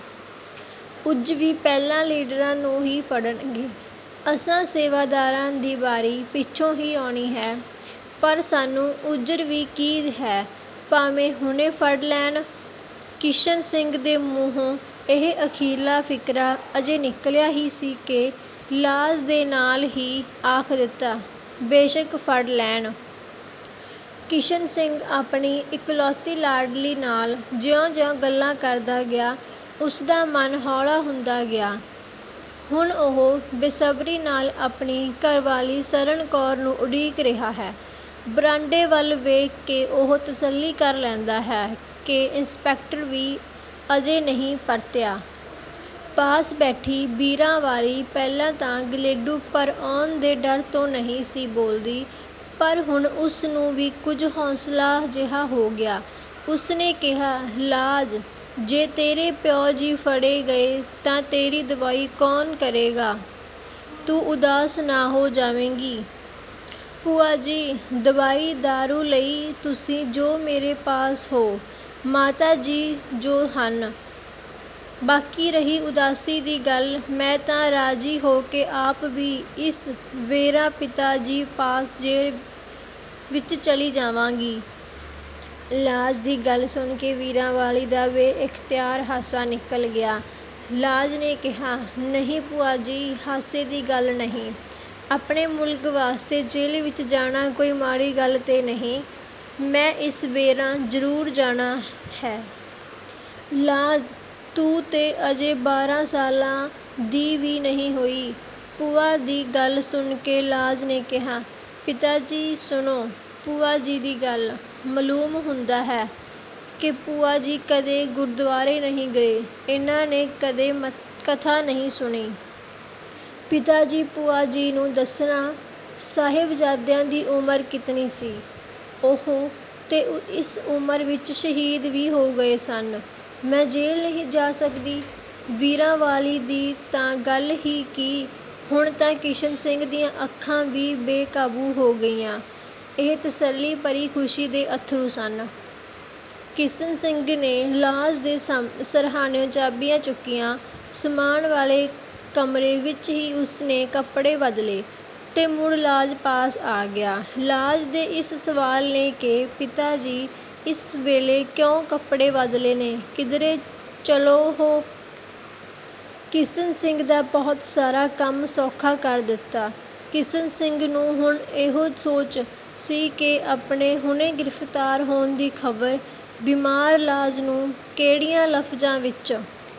ਉਜ ਵੀ ਪਹਿਲਾਂ ਲੀਡਰਾਂ ਨੂੰ ਹੀ ਫੜਨਗੇ, ਅਸਾਂ ਸੇਵਾਦਾਰਾਂ ਦੀ ਵਾਰੀ ਪਿਛੋਂ ਹੀ ਆਉਣੀ ਹੈ, ਪਰ ਸਾਨੂੰ ਉਜ਼ਰ ਵੀ ਕੀ ਹੈ? ਭਾਵੇਂ ਹੁਣੇ ਫੜ ਲੈਣ। ਕਿਸ਼ਨ ਸਿੰਘ ਦੇ ਮੂੰਹੋਂ ਇਹ ਅਖੀਰਲਾ ਫ਼ਿਕਰਾ ਅਜੇ ਨਿਕਲਿਆ ਹੀ ਸੀ ਕਿ ਲਾਜ ਨੇ ਨਾਲ ਹੀ ਆਖ ਦਿੱਤਾ:- "ਬੇਸ਼ਕ ਫੜ ਲੈਣ"। ਕਿਸ਼ਨ ਸਿੰਘ ਆਪਣੀ ਇਕਲੌਤੀ ਲਾਡਲੀ ਨਾਲ ਜਿਉਂ-ਜਿਉਂ ਗੱਲਾਂ ਕਰਦਾ ਗਿਆ, ਉਸਦਾ ਮਨ ਹੌਲਾ ਹੁੰਦਾ ਗਿਆ। ਹੁਣ ਉਹ ਬੇਸਬਰੀ ਨਾਲ ਆਪਣੀ ਘਰਵਾਲੀ ਸਰਨ ਕੌਰ ਨੂੰ ਉਡੀਕ ਰਿਹਾ ਹੈ। ਬਰਾਂਡੇ ਵੱਲ ਵੇਖ ਕੇ ਉਹ ਤਸੱਲੀ ਕਰ ਲੈਂਦਾ ਹੈ ਕਿ ਇੰਸਪੈਕਟਰ ਵੀ ਅਜੇ ਨਹੀਂ ਪਰਤਿਆ। ਪਾਸ ਬੈਠੀ ਬੀਰਾਂ ਵਾਲੀ ਪਹਿਲਾਂ ਤਾਂ ਗਲੇਡੂ ਭਰ ਆਉਣ ਦੇ ਡਰ ਤੋਂ ਨਹੀਂ ਸੀ ਬੋਲਦੀ ਪਰ ਹੁਣ ਉਸ ਨੂੰ ਵੀ ਕੁਝ ਹੌਸਲਾ ਜਿਹਾ ਹੋ ਗਿਆ। ਉਸ ਨੇ ਕਿਹਾ:- "ਲਾਜ, ਜੇ ਤੇਰੇ ਪਿਉ ਜੀ ਫੜੇ ਗਏ ਤਾਂ ਤੇਰੀ ਦਵਾਈ ਕੌਣ ਕਰੇਗਾ, ਤੂੰ ਉਦਾਸ ਨਾ ਹੋ ਜਾਵੇਂਗੀ"? ਭੂਆ ਜੀ, ਦਵਾਈ ਦਾਰੂ ਲਈ ਤੁਸੀਂ ਜੁ ਮੇਰੇ ਪਾਸ ਹੋ, ਮਾਤਾ ਜੀ ਜੁ ਹਨ, ਬਾਕੀ ਰਹੀ ਉਦਾਸੀ ਦੀ ਗੱਲ, ਮੈਂ ਤਾਂ ਰਾਜ਼ੀ ਹੋ ਕੇ ਆਪ ਵੀ ਇਸ ਵੇਰਾਂ ਪਿਤਾ ਜੀ ਪਾਸ ਜੇਲ ਵਿੱਚ ਚਲੀ ਜਾਵਾਂਗੀ। ਲਾਜ ਦੀ ਗਲ ਸੁਣ ਕੇ ਵੀਰਾਂ ਵਾਲੀ ਦਾ ਵੇ-ਇਖਤਿਆਰ ਹਾਸਾ ਨਿਕਲ ਗਿਆ। ਲਾਜ ਨੇ ਕਿਹਾ:- "ਨਹੀਂ ਭੂਆ ਜੀ ਹਾਸੇ ਦੀ ਗੱਲ ਨਹੀਂ, ਆਪਣੇ ਮੁਲਕ ਵਾਸਤੇ ਜੇਲ ਵਿੱਚ ਜਾਣਾ ਕੋਈ ਮਾੜੀ ਗੱਲ ਤੇ ਨਹੀਂ, ਮੈਂ ਇਸ ਵੇਰਾਂ ਜ਼ਰੂਰ ਜਾਣਾ ਹੈ। ਲਾਜ, ਤੂੰ ਤੇ ਅਜੇ ਬਾਰਾਂ ਸਾਲਾਂ ਦੀ ਵੀ ਨਹੀਂ ਹੋਈ। ਭੂਆ ਦੀ ਗੱਲ ਸੁਣ ਕੇ ਲਾਜ ਨੇ ਕਿਹਾ:- "ਪਿਤਾ ਜੀ, ਸੁਣੋ ਭੂਆ ਜੀ ਦੀ ਗੱਲ, ਮਲੂਮ ਹੁੰਦਾ ਹੈ, ਕਿ ਭੂਆ ਜੀ ਕਦੇ ਗੁਰਦਵਾਰੇ ਨਹੀਂ ਗਏ, ਇਨ੍ਹਾਂ ਨੇ ਕਦੇ ਕਥਾ ਨਹੀਂ ਸੁਣੀ। ਪਿਤਾ ਜੀ, ਭੂਆ ਜੀ ਨੂੰ ਦੱਸਣਾ, ਸਾਹਿਬ-ਜ਼ਾਦਿਆਂ ਦੀ ਉਮਰ ਕਿਤਨੀ ਸੀ? ਉਹ ਤੇ ਇਸ ਉਮਰ ਵਿਚ ਸ਼ਹੀਦ ਵੀ ਹੋ ਗਏ ਸਨ, ਮੈਂ ਜੇਲ ਨਹੀਂ ਜਾ ਸਕਦੀ? ਵੀਰਾਂ ਵਾਲੀ ਦੀ ਤਾਂ ਗੱਲ ਹੀ ਕੀ, ਹੁਣ ਤਾਂ ਕਿਸ਼ਨ ਸਿੰਘ ਦੀਆਂ ਅੱਖਾਂ ਵੀ ਬੇ-ਕਾਬੂ ਹੋ ਗਈਆਂ, ਇਹ ਤਸੱਲੀ ਭਰੀ ਖ਼ੁਸ਼ੀ ਦੇ ਅੱਥਰੂ ਸਨ। ਕਿਸ਼ਨ ਸਿੰਘ ਨੇ ਲਾਜ ਦੇ ਸਰਹਾਣਿਓ ਚਾਬੀਆਂ ਚੁੱਕੀਆ, ਸਮਾਨ ਵਾਲੇ ਕਮਰੇ ਵਿੱਚ ਹੀ ਉਸ ਨੇ ਕੱਪੜੇ ਬਦਲੇ, ਤੇ ਮੁੜ ਲਾਜ ਪਾਸ ਆ ਗਿਆ। ਲਾਜ ਦੇ ਇਸ ਸਵਾਲ ਨੇ ਕਿ "ਪਿਤਾ ਜੀ, ਇਸ ਵੇਲੇ ਕਿਉਂ ਕੱਪੜੇ ਬਦਲੇ ਨੇ, ਕਿਧਰੇ ਚਲੋ ਹੋ? ਕਿਸ਼ਨ ਸਿੰਘ ਦਾ ਬਹੁਤ ਸਾਰਾ ਕੰਮ ਸੌਖਾ ਕਰ ਦਿੱਤਾ। ਕਿਸ਼ਨ ਸਿੰਘ ਨੂੰ ਹੁਣ ਇਹੋ ਸੋਚ ਸੀ ਕਿ ਆਪਣੇ ਹੁਣੇ ਗ੍ਰਿਫ਼ਤਾਰ ਹੋਣ ਦੀ ਖ਼ਬਰ ਬੀਮਾਰ ਲਾਜ ਨੂੰ ਕੇਹੜਿਆਂ ਲਫਜ਼ਾਂ ਵਿੱਚ